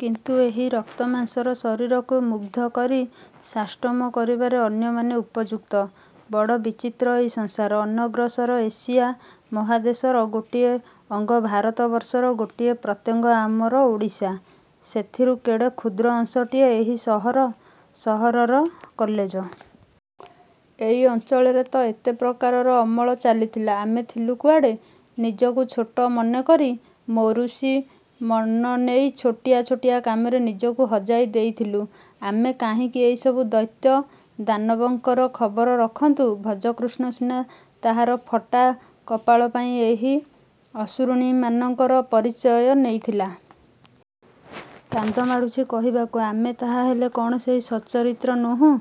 କିନ୍ତୁ ଏହି ରକ୍ତ ମାଂସର ଶରୀରକୁ ମୁଗ୍ଧ କରି ସାଷ୍ଟମ କରିବାରେ ଅନ୍ୟମାନେ ଉପଯୁକ୍ତ। -ବଡ଼ ବିଚିତ୍ର ଏଇ ସଂସାର। ଅନଗ୍ରସର ଏସିଆ ମହାଦେଶର ଗୋଟିଏ ଅଙ୍ଗ ଭାରତ ବର୍ଷର ଗୋଟିଏ ପ୍ରତ୍ୟଙ୍ଗ ଆମର ଓଡ଼ିଶା। ସେଥିରୁ କେଡ଼େ କ୍ଷୁଦ୍ର ଅଂଶଟିଏ ଏହି ସହର-ସହରର କଲେଜ। ଏଇ ଅଞ୍ଚଳରେ ତ ଏତେ ପ୍ରକାରର ଅମଳ ଚାଲିଥିଲା। ଆମେ ଥିଲୁ କୁଆଡ଼େ? -ନିଜକୁ ଛୋଟ ମନେକରି ମୌରୁଷୀ ମନ ନେଇ ଛୋଟିଆ ଛୋଟିଆ କାମରେ ନିଜକୁ ହଜାଇ ଦେଇଥିଲୁ। ଆମେ କାହିଁକି ଏଇ ସବୁ ଦୈତ୍ୟ-ଦାନବଙ୍କର ଖବର ରଖନ୍ତୁ-ଭଜକୃଷ୍ଣ ସିନା ତାହାର ଫଟା କପାଳ ପାଇଁ ଏହି ଅସୁରୁଣୀମାନଙ୍କର ପରିଚୟ ନେଇଥିଲା। -କାନ୍ଦ ମାଡ଼ୁଛି କହିବାକୁ। ଆମେ ତାହାହେଲେ କ'ଣ କେହି ସଚ୍ଚରିତ୍ର ନୋହୁଁ?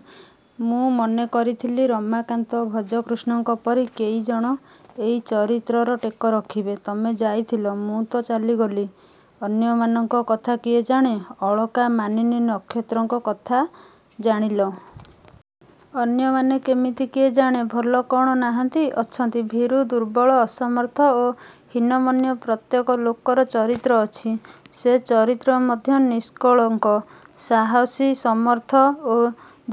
ମୁଁ ମନେ କରିଥିଲି ରମାକାନ୍ତ, ଭଜକୃଷ୍ଣଙ୍କ ପରି କେଇଜଣ ଏଇ ଚରିତ୍ରର ଟେକ ରଖିବେ-ତମେ ଯାଇଥିଲ। ମୁଁ ତ ଚାଲିଗଲି। ଅନ୍ୟମାନଙ୍କ କଥା କିଏ ଜାଣେ? ଅଳକା, ମାନିନୀ, ନକ୍ଷତ୍ରଙ୍କ କଥା ଜାଣିଲ। ଅନ୍ୟମାନେ କେମିତି କିଏ ଜାଣେ? ଭଲ କ'ଣ ନାହାନ୍ତି? -ଅଛନ୍ତି। ଭୀରୁ, ଦୁର୍ବଳ, ଅସମର୍ଥ ଓ ହୀନ-ମନ୍ୟ ପ୍ରତ୍ୟେକ ଲୋକର ଚରିତ୍ର ଅଛି। ସେ ଚରିତ୍ର ମଧ୍ୟ ନିଷ୍କଳଙ୍କ। ସାହସୀ, ସମର୍ଥ ଓ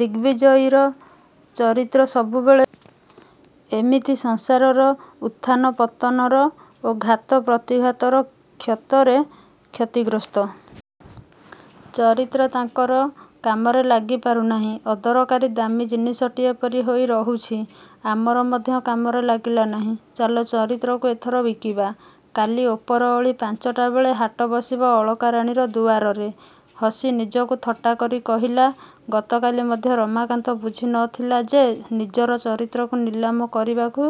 ଦିଗ୍ବିଜୟୀର ଚରିତ୍ର ସବୁବେଳେ ଏମିତି ସଂସାରର ଉତ୍ଥାନ-ପତନର ଓ ଘାତ-ପ୍ରତିଘାତର କ୍ଷତରେ କ୍ଷତିଗ୍ରସ୍ତ। ଚରିତ୍ର ତାଙ୍କର କାମରେ ଲାଗି ପାରୁନାହିଁ। ଅଦରକାରୀ ଦାମୀ ଜିନିଷଟିଏ ପରି ହୋଇ ରହୁଛି। ଆମର ମଧ୍ୟ କାମରେ ଲାଗିଲା ନାହିଁ। -ଚାଲ, ଚରିତ୍ରକୁ ଏଥର ବିକିବା। କାଲି ଉପରଓଳି ପାଞ୍ଚଟା ବେଳେ ହାଟ ବସିବ ଅଳକାରାଣୀର ଦୁଆରରେ। ହସି ନିଜକୁ ଥଟ୍ଟାକରି କହିଲା-ଗତକାଲି ମଧ୍ୟ ରମାକାନ୍ତ ବୁଝି ନ ଥିଲା ଯେ ନିଜର ଚରିତ୍ରକୁ ନିଲାମ କରିବାକୁ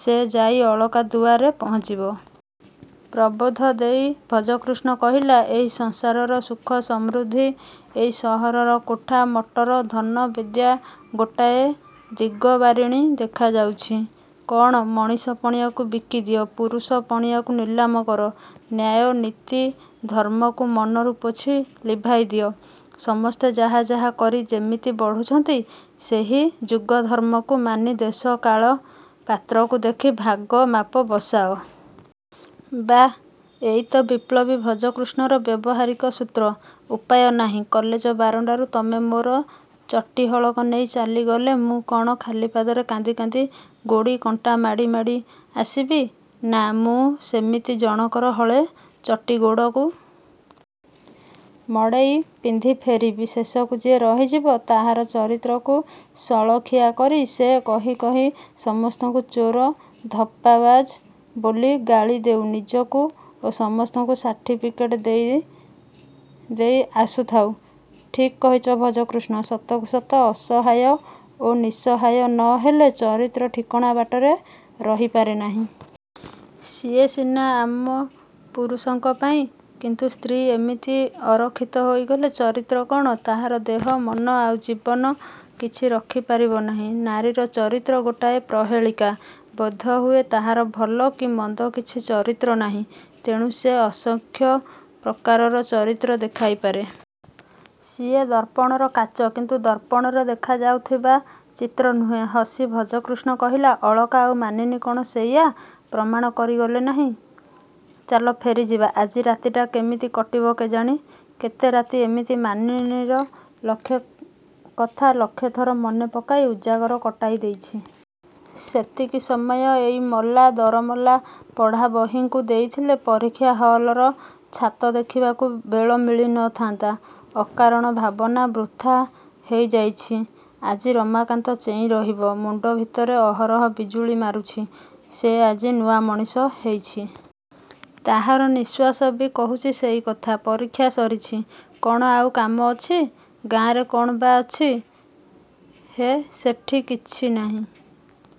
ସେ ଯାଇ ଅଳକା ଦୁଆରେ ପହଞ୍ଚିବ। ପ୍ରବୋଧ ଦେଇ ଭଜକୃଷ୍ଣ କହିଲା-ଏଇ ସଂସାରର ସୁଖ ସମୃଦ୍ଧି-ଏଇ ସହରର କୋଠା, ମଟର, ଧନ, ବିଦ୍ୟା ଗୋଟାଏ ଦିଗବାରିଣି ଦେଖାଉଛି। -କଣ? -ମଣିଷ-ପଣିଆକୁ ବିକିଦିଅ। ପୁରୁଷ-ପଣିଆକୁ ନିଲାମ କର। ନ୍ୟାୟ, ନୀତି, ଧର୍ମ୍ମକୁ ମନରୁ ପୋଛି ଲିଭାଇ ଦିଅ। ସମସ୍ତେ ଯାହା ଯାହା କରି ଯେମିତି ବଢ଼ୁଛନ୍ତି ସେହି ଯୁଗଧର୍ମ୍ମକୁ ମାନି ଦେଶ କାଳ-ପାତ୍ରକୁ ଦେଖି ଭାଗ ମାପ ବସାଅ। -ବାଃ, ଇଏତ ବିପ୍ଳବୀ ଭଜକୃଷ୍ଣର ବ୍ୟବହାରିକ ସୂତ୍ର। -ଉପାୟ ନାହିଁ। କଲେଜ ବାରଣ୍ଡାରୁ ତମେ ମୋର ଚଟି ହଳକ ନେଇ ଚାଲିଗଲେ ମୁଁ କ'ଣ ଖାଲି ପାଦରେ କାନ୍ଦି କାନ୍ଦି ଗୋଡ଼ି, କଣ୍ଟା ମାଡ଼ି ମାଡ଼ି ଆସିବି? -ନା,-ମୁଁ ସେମିତି ଜଣକର ହଳେ ଚଟି ଗୋଡ଼କୁ। ମଡ଼େଇ ପିନ୍ଧି ଫେରିବି? -ଶେଷକୁ ଯିଏ ରହିଯିବ। -ତାହାର ଚରିତ୍ରକୁ ସଳଖିଆ କରି ସେ କହି କହି ସମସ୍ତଙ୍କୁ ଚୋର-ଧପ୍ପାବାଜ ବୋଲି ଗାଳି ଦେଉ, ନିଜକୁ ଓ ସମସ୍ତଙ୍କୁ ସାର୍ଟିଫିକେଟ୍ ଦେଇ ଦେଇ ଆସୁଥାଉ। -ଠିକ୍ କହିଚ ଭଜକୃଷ୍ଣ। ସତକୁ ସତ ଅସହାୟ ଓ ନିସହାୟ ନ ହେଲେ ଚରିତ୍ର ଠିକଣା ବାଟରେ ରହିପାରେ ନାହିଁ। ସିଏ ସିନା ଆମ ପୁରୁଷଙ୍କ ପାଇଁ। କିନ୍ତୁ ସ୍ତ୍ରୀ ଏମିତି ଅରଖିତ ହେଇଗଲେ ଚରିତ୍ର କ'ଣ-ତାହାର ଦେହ, ମନ ଆଉ ଜୀବନ-କିଛି ରଖି ପାରିବ ନାହିଁ। ନାରୀର ଚରିତ୍ର ଗୋଟାଏ ପ୍ରହେଳିକା। -ବୋଧହୁଏ ତାହାର ଭଲ କି ମନ୍ଦ କିଛି ଚରିତ୍ର ନାହିଁ। ତେଣୁ ସେ ଅସଂଖ୍ୟ ପ୍ରକାରର ଚରିତ୍ର ଦେଖାଇ ପାରେ। -ସିଏ ଦର୍ପଣର କାଚ; କିନ୍ତୁ ଦର୍ପଣରେ ଦେଖାଯାଉଥିବା ଚିତ୍ର ନୁହେଁ। ହସି ଭଜକୃଷ୍ଣ କହିଲା। ଅଳକା ଆଉ ମାନିନୀ, କ'ଣ ସେଇଆ ପ୍ରମାଣ କରିଗଲେ ନାହିଁ? -ଚାଲ ଫେରିଯିବା। ଆଜି ରାତିଟା କେମିତି କଟିବ କେଜାଣି? -କେତେ ରାତି ଏମିତି ମାନିନୀର ଲକ୍ଷେ କଥା ଲକ୍ଷେ ଥର ମନେ ପକାଇ ଉଜାଗର କଟାଇ ଦେଇଛି। ସେତିକି ସମୟ ଏଇ ମଲା ଦରମଲା ପଢ଼ା ବହିଙ୍କୁ ଦେଇଥିଲେ ପରୀକ୍ଷା ହଲର ଛାତ ଦେଖିବାକୁ ବେଳ ମିଳି ନ ଥାନ୍ତା। ଅକାରଣ ଭାବନା ବୃଥା ହେଇଯାଇଛି। -ଆଜି ରମାକାନ୍ତ ଚେଇଁ ରହିବ। ମୁଣ୍ଡ ଭିତରେ ଅହରହ ବିଜୁଳି ମାରୁଛି। ସେ ଆଜି ନୂଆ ମଣିଷ ହେଇଛି। ତାହାର ନିଶ୍ୱାସ ବି କହୁଛି ସେଇ କଥା। ପରୀକ୍ଷା ସରିଛି। କ'ଣ ଆଉ କାମ ଅଛି? ଗାଁରେ କ'ଣ ବା ଅଛି? -ହେ, ସେଠି କିଛି ନାହିଁ।